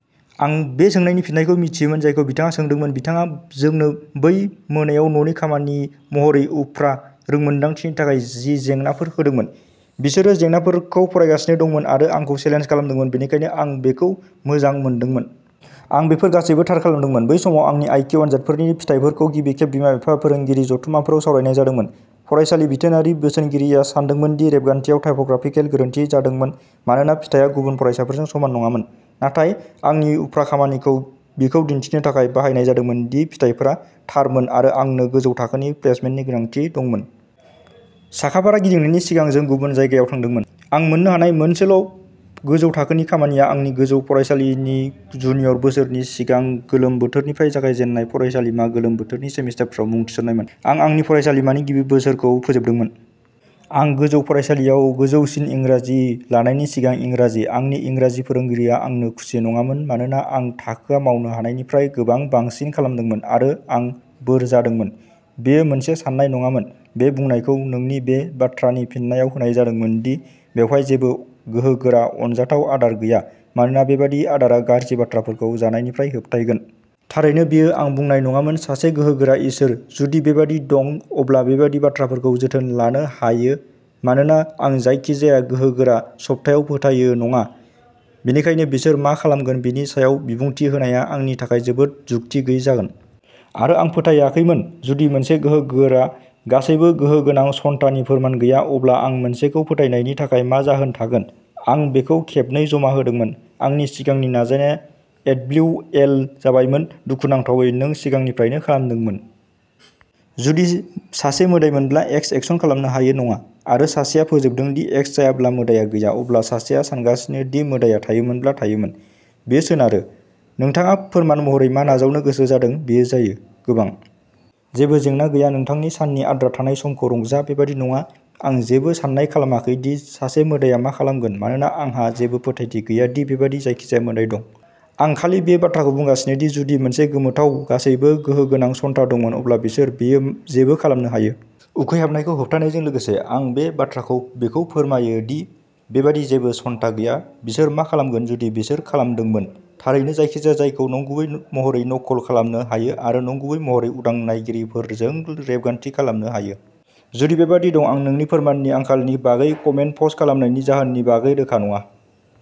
आं बे सोंनायनि फिननायखौ मिथियोमोन, जायखौ बिथाङा सोंदोंमोन, बिथाङा जोंनो बै मोनायाव न'नि खामानि महरै उफ्रा रोंमोनदांथिनि थाखाय जि जेंनाफोर होदोंमोन। बिसोरो जेंनाफोरखौ फरायगासिनो दंमोन आरो आंखौ चेलेन्ज खालामदोंमोन, बेनिखायनो आं बेखौ मोजां मोनदोंमोन। आं बेफोर गासैबो थार खालामदोंमोन। बै समाव आंनि आइ किउ आनजादफोरनि फिथायफोरखौ गिबि खेब बिमा-बिफा फोरोंगिरि जथुमफोराव सावरायनाय जादोंमोन। फरायसालि बिथोनारि बोसोनगिरिया सान्दोंमोन दि रेबगान्थियाव टाइप'ग्राफिकेल गोरोन्थि जादोंमोन मानोना फिथाया गुबुन फरायसाफोरजों समान नङामोन, नाथाय आंनि उफ्रा खामानिखौ बिखौ दिन्थिनो थाखाय बाहायनाय जादोंमोन दि फिथायफोरा थारमोन आरो आंनो गोजौ थाखोनि प्लेसमेन्टनि गोनांथि दंमोन। साखाफोरा गिदिंनायनि सिगां जों गुबुन जायगायाव थांदोंमोन। आं मोन्नो हानाय मोनसेल'गोजौ थाखोनि खामानिया आंनि गोजौ फरायसालिनि जुनियर बोसोरनि सिगां गोलोम बोथोरनिफ्राय जागायजेन्नाय फरायसालिमा गोलोम बोथोरनि सेमिस्टारफोराव मुं थिसननायमोन। आं आंनि फरायसालिमानि गिबि बोसोरखौ फोजोबदोंमोन। आं गोजौ फरायसालियाव गोजौसिन इंराजि लानायनि सिगां इंराजि। आंनि इंराजि फोरोंगिरिआ आंजों खुसि नङामोन मानोना आं थाखोआ मावनो हानायनिफ्राय गोबां बांसिन खालामदोंमोन आरो आं बोर जादोंमोन। बेयो मोनसे सान्नाय नङामोन। बे बुंनायखौ नोंनि बे बाथ्रानि फिननायाव होनाय जादोंमोन दि बेवहाय जेबो गोहोगोरा, अनजाथाव आदार गैया, मानोना बेबादि आदारआ गाज्रि बाथ्राफोरखौ जानायनिफ्राय होबथायगोन। थारैनो बेयो आं बुंनाय नङामोन। सासे गोहोगोरा इसोर, जुदि बेबादि दं, अब्ला बेबादि बाथ्राफोरखौ जोथोन लानो हायो। मानोना आं जायखिजाया गोहोगोरा सत्तायाव फोथायो नङा, बेनिखायनो बिसोर मा खालामगोन बेनि सायाव बिबुंथि होनाया आंनि थाखाय जोबोद जुक्ति गैयै जागोन। आरो आं फोथायाखैमोन। जुदि मोनसे गोहोगोरा गासैबो गोहो गोनां सत्तानि फोरमान गैया, अब्ला आं मोनसेखौ फोथायनायनि थाखाय मा जाहोन थागोन। आं बेखौ खेबनै जमा होदोंमोन। आंनि सिगांनि नाजानाया एडब्लिउअएल जाबायमोन। दुखुनांथावै, नों सिगांनिफ्रायनो खालामदोंमोन। जुदि सासे मोदायमोनब्ला। एक्स एक्शन खालामनो हायो नङा आरो सासेया फोजोबदों दि एक्स जायाब्ला मोदाइया गैया, अब्ला सासेया सानगासिनो दि मोदाइया थायोमोनब्ला थायोमोन। बेयो सोनारो। नोंथाङा फोरमान महरै मा नाजावनो गोसो जादों बेयो जायो, गोबां। जेबो जेंना गैया। नोंथांनि साननि आद्रा थानाय समखौ रंजा। बेबादि नङा। आं जेबो सान्नाय खालामाखै दि सासे मोदाइया मा खालामगोन मानोना आंहा जेबो फोथायथि गैया दि बेबादि जायखिजाया मोदाइया दं। आं खालि बे बाथ्राखौ बुंगासिनो दि, जुदि मोनसे गोमोथाव गासैबो गोहो गोनां सत्ता दंमोन, अब्ला बिसोर बेयो जेबो खालामनो हायो। उखैहाबनायखौ होबथानायजों लोगोसे। आं बे बाथ्राखौ बेखौ फोरमायो दि बेबादि जेबो सत्ता गैया। बिसोर मा खालामगोन जुदि बिसोर खालामदोंमोन। थारैनो जायखिजाया जायखौ नंगुबै महरै नकल खालामनो हायो आरो नंगुबै महरै उदां नायगिरिफोरजों रेबगान्थि खालामनो हायो। जुदि बेबादि दं, आं नोंनि फोरमाननि आंखालनि बागै कमेन्ट पस्ट खालामनायनि जाहोननि बागै रोखा नङा।